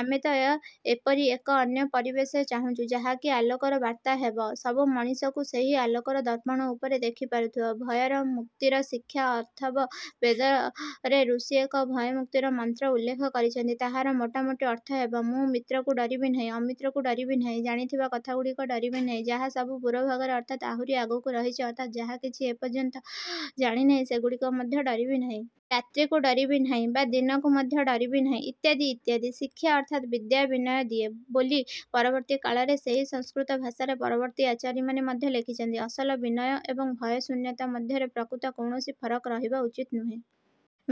ଆମେ ତ ଏପରି ଏକ ଅନ୍ୟ ପରିବେଶ ଚାହୁଛୁ, ଯାହାକି ଅଲୋକର ବାର୍ତ୍ତାବହ ହେବ। ସବୁ ମଣିଷଙ୍କୁ ସେହି ଆଲୋକର ଦର୍ପଣ ଉପରେ ଦେଖି ପାରୁଥିବ। ଭୟମୁକ୍ତିର ଶିକ୍ଷା ଅଥର୍ବ ବେଦରେ ଋଷି ଏକ ଭୟମୁକ୍ତିର ମନ୍ତ୍ରର ଉଲ୍ଲେଖ କରିଛନ୍ତି। ତାହାର ମୋଟାମୋଟି ଅର୍ଥ ହେବ; ମୁଁ ମିତ୍ରକୁ ଡ଼ରିବି ନାହିଁ, ଅମିତ୍ରକୁ ଡ଼ରିବି ନାହିଁ, ଜାଣିଥିବା କଥାଗୁଡ଼ିକୁ ଡ଼ରିବି ନାହିଁ, ଯାହାସବୁ ପୁରୋଭାଗରେ ଅର୍ଥାତ୍ ଆହୁରି ଆଗକୁ ରହିଛି ଅର୍ଥାତ୍ ଯାହାକିଛି ମୁଁ ଏପର୍ଯ୍ୟନ୍ତ ଜାଣିନାହିଁ, ସେଗୁଡ଼ିକୁ ମଧ୍ୟ ଡ଼ରିବି ନାହିଁ। ରାତ୍ରିକୁ ଡ଼ରିବି ନାହିଁ ବା ଦିନକୁ ମଧ୍ୟ ଡ଼ରିବି ନାହିଁ। ଇତ୍ୟାଦି, ଇତ୍ୟାଦି। ଶିକ୍ଷା ଅର୍ଥାତ୍ ବିଦ୍ୟା ବିନୟ ଦିଏ ବୋଲି ପରବର୍ତ୍ତୀ କାଳରେ ସେହି ସଂସ୍କୃତ ଭାଷାରେ ପରବର୍ତ୍ତୀ ଆଚାରୀମାନେ ମଧ୍ୟ ଲେଖିଛନ୍ତି। ଅସଲ ବିନୟ ଏବଂ ଭୟଶୂନ୍ୟତା ମଧ୍ୟରେ ପ୍ରକୃତରେ କୌଣସି ଫରକ ରହିବା ଉଚିତ ନୁହେଁ।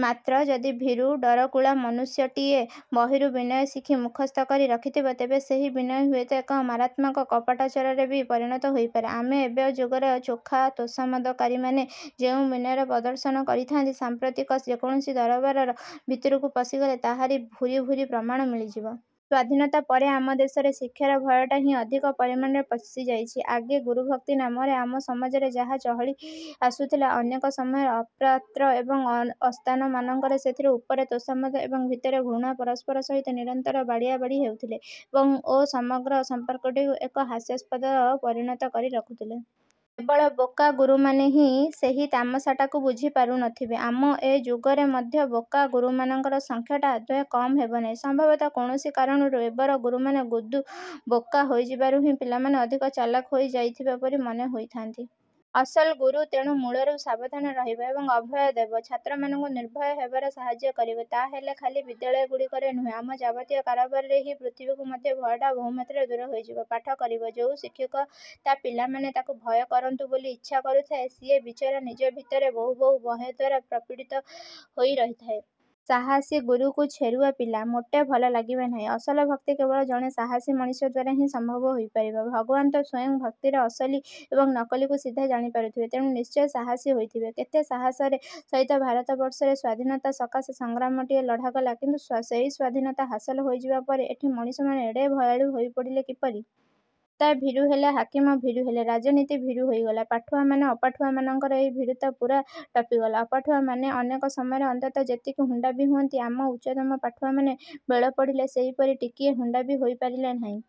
ମାତ୍ର ଯଦି ଭୀରୁ ଡ଼ରକୁଳା ମନୁଷ୍ୟଟିଏ ବହିରୁ ବିନୟ ଶିଖି ମୁଖସ୍ଥ କରି ରଖିଥିବ, ତେବେ ସେହି ବିନୟ ହୁଏତ ଏକ ମାରାତ୍ମକ କପଟାଚରରେ ବି ପରିଣତ ହୋଇପାରେ। ଆମ ଏବ ଯୁଗରେ ଚୋଖା ତୋଷାମଦକାରୀମାନେ ଯେଉଁ ବିନୟର ପ୍ରଦର୍ଶନ କରିଥାନ୍ତି, ସାମ୍ପ୍ରତିକ ଯେକୌଣସି ଦରବାର ଭିତରକୁ ପଶିଗଲେ ତାହାରି ଭୁରି ଭୁରି ପ୍ରମାଣ ମିଳିଯିବ। ସ୍ୱାଧୀନତା ପରେ ଆମ ଦେଶର ଶିକ୍ଷାରେ ଭୟଟା ହିଁ ଅଧିକ ପରିମାଣରେ ପଶିଯାଇଛି-। ଆଗେ ଗୁରୁଭକ୍ତି ନାମରେ ଆମ ସମାଜରେ ଯାହା ଚଳି ଆସିଥିଲା, ଅନେକ ସମୟରେ ଅପାତ୍ର ଏବଂ ଅସ୍ଥାନମାନଙ୍କରେ ସେଥିରେ ଉପରେ ତୋଷାମଦ ଏବଂ ଭିତରେ ଘୃଣା ପରସ୍ପର ସହିତ ନିରନ୍ତର ବାଡ଼ିଆବାଡ଼ି ହେଉଥିଲେ ଓ ସମଗ୍ର ସମ୍ପର୍କଟିକୁ ଏକ ହାସ୍ୟାସ୍ପଦତାରେ ପରିଣତ କରି ରଖିଥିଲେ। କେବଳ ବୋକା ଗୁରୁମାନେ ହିଁ ସେହି ତାମସାଟାକୁ ବୁଝି ପାରୁନଥିବେ-। ଆମ ଏ ଯୁଗରେ ମଧ୍ୟ ବୋକା ଗୁରୁମାନଙ୍କର ସଂଖ୍ୟାଟା ଆଦୌ କମ୍ ହେବନାହିଁ। ସମ୍ଭବତଃ କୌଣସି କାରଣରୁ ଏବର ଗୁରୁମାନେ ଗୁର୍ଦୁ ବୋକା ହୋଇଯିବାରୁ ହିଁ ପିଲାମାନେ ଅଧିକ ଚାଲାଖ ହୋଇ ଯାଇଥିବା ପରି ମନେ ହୋଇଥାନ୍ତି। ଅସଲ ଗୁରୁ ତେଣୁ ମୂଳରୁ ସାବଧାନ ରହିବ ଏବଂ ଅଭୟ ଦେବ। ଛାତ୍ରମାନଙ୍କୁ ନିର୍ଭୟ ହେବାରେ ସାହାଯ୍ୟ କରିବ। ତା'ହେଲେ ଖାଲି ବିଦ୍ୟାଳୟଗୁଡ଼ିକରୁ ନୁହେଁ, ଆମ ଯାବତୀୟ କାରବାରର ଏହି ପୃଥିବୀରୁ ମଧ୍ୟ ଭୟଟା ବହୁମାତ୍ରାରେ ଦୂର ହୋଇଯିବ। ପାଠ କହିବ, ଯୋଉ ଶିକ୍ଷକ ତା' ପିଲାମାନେ ତାକୁ ଭୟ କରନ୍ତୁ ବୋଲି ଇଚ୍ଛା କରୁଥାଏ, ସିଏ ବିଚରା ନିଜ ଭିତରେ ବହୁ ବହୁ ଭୟ ଦ୍ଵାରା ପ୍ରପୀଡ଼ିତ ହୋଇ ରହିଥାଏ। ସାହସୀ ଗୁରୁକୁ ଛେରୁଆ ପିଲା ମୋଟେ ଭଲ ଲାଗିବେ ନାହିଁ। ଅସଲ ଭକ୍ତି କେବଳ ଜଣେ ସାହସୀ ମଣିଷ ଦ୍ୱାରା ହିଁ ସମ୍ଭବ ହୋଇପାରିବ। ଭଗବାନ ତ ସ୍ୱୟଂ ଭକ୍ତିରେ ଅସଲି ଏବଂ ନକଲିକୁ ସିଧା ଜାଣି ପାରୁଥିବେ। ତେଣୁ ନିଶ୍ଚୟ ସାହସୀ ହୋଇଥିବେ। କେତେ ସାହସର ସହିତ ଭାରତବର୍ଷରେ ସ୍ୱାଧୀନତା ସକାଶେ ସଂଗ୍ରାମଟିଏ ଲଢ଼ାଗଲା, କିନ୍ତୁ ସେହି ସ୍ଵାଧୀନତା ହାସଲ ହୋଇଯିବା ପରେ ଏଠି ମଣିଷମାନେ ଏଡ଼େ ଭୟାଳୁ ହୋଇପଡ଼ିଲେ କିପରି? ନେତା ଭୀରୁ ହେଲେ, ହାକିମ ଭୀରୁ ହେଲେ, ରାଜନୀତି ଭୀରୁ ହୋଇଗଲା। ପାଠୁଆମାନେ ଅପାଠୁଆଙ୍କୁ ଏହି ଭୀରୁତାରେ ପୂରା ଟପିଗଲେ। ଅପାଠୁଆମାନେ ଅନେକ ସମୟରେ ଅନ୍ତତଃ ଯେତିକି ହୁଣ୍ଡା ବି ହୁଅନ୍ତି, ଆମ ଉଚ୍ଚତମ ପାଠୁଆମାନେ ବେଳ ପଡ଼ିଲେ ସେହିପରି ଟିକିଏ ହୁଣ୍ଡା ବି ହୋଇ ପାରିଲେ ନାହିଁ।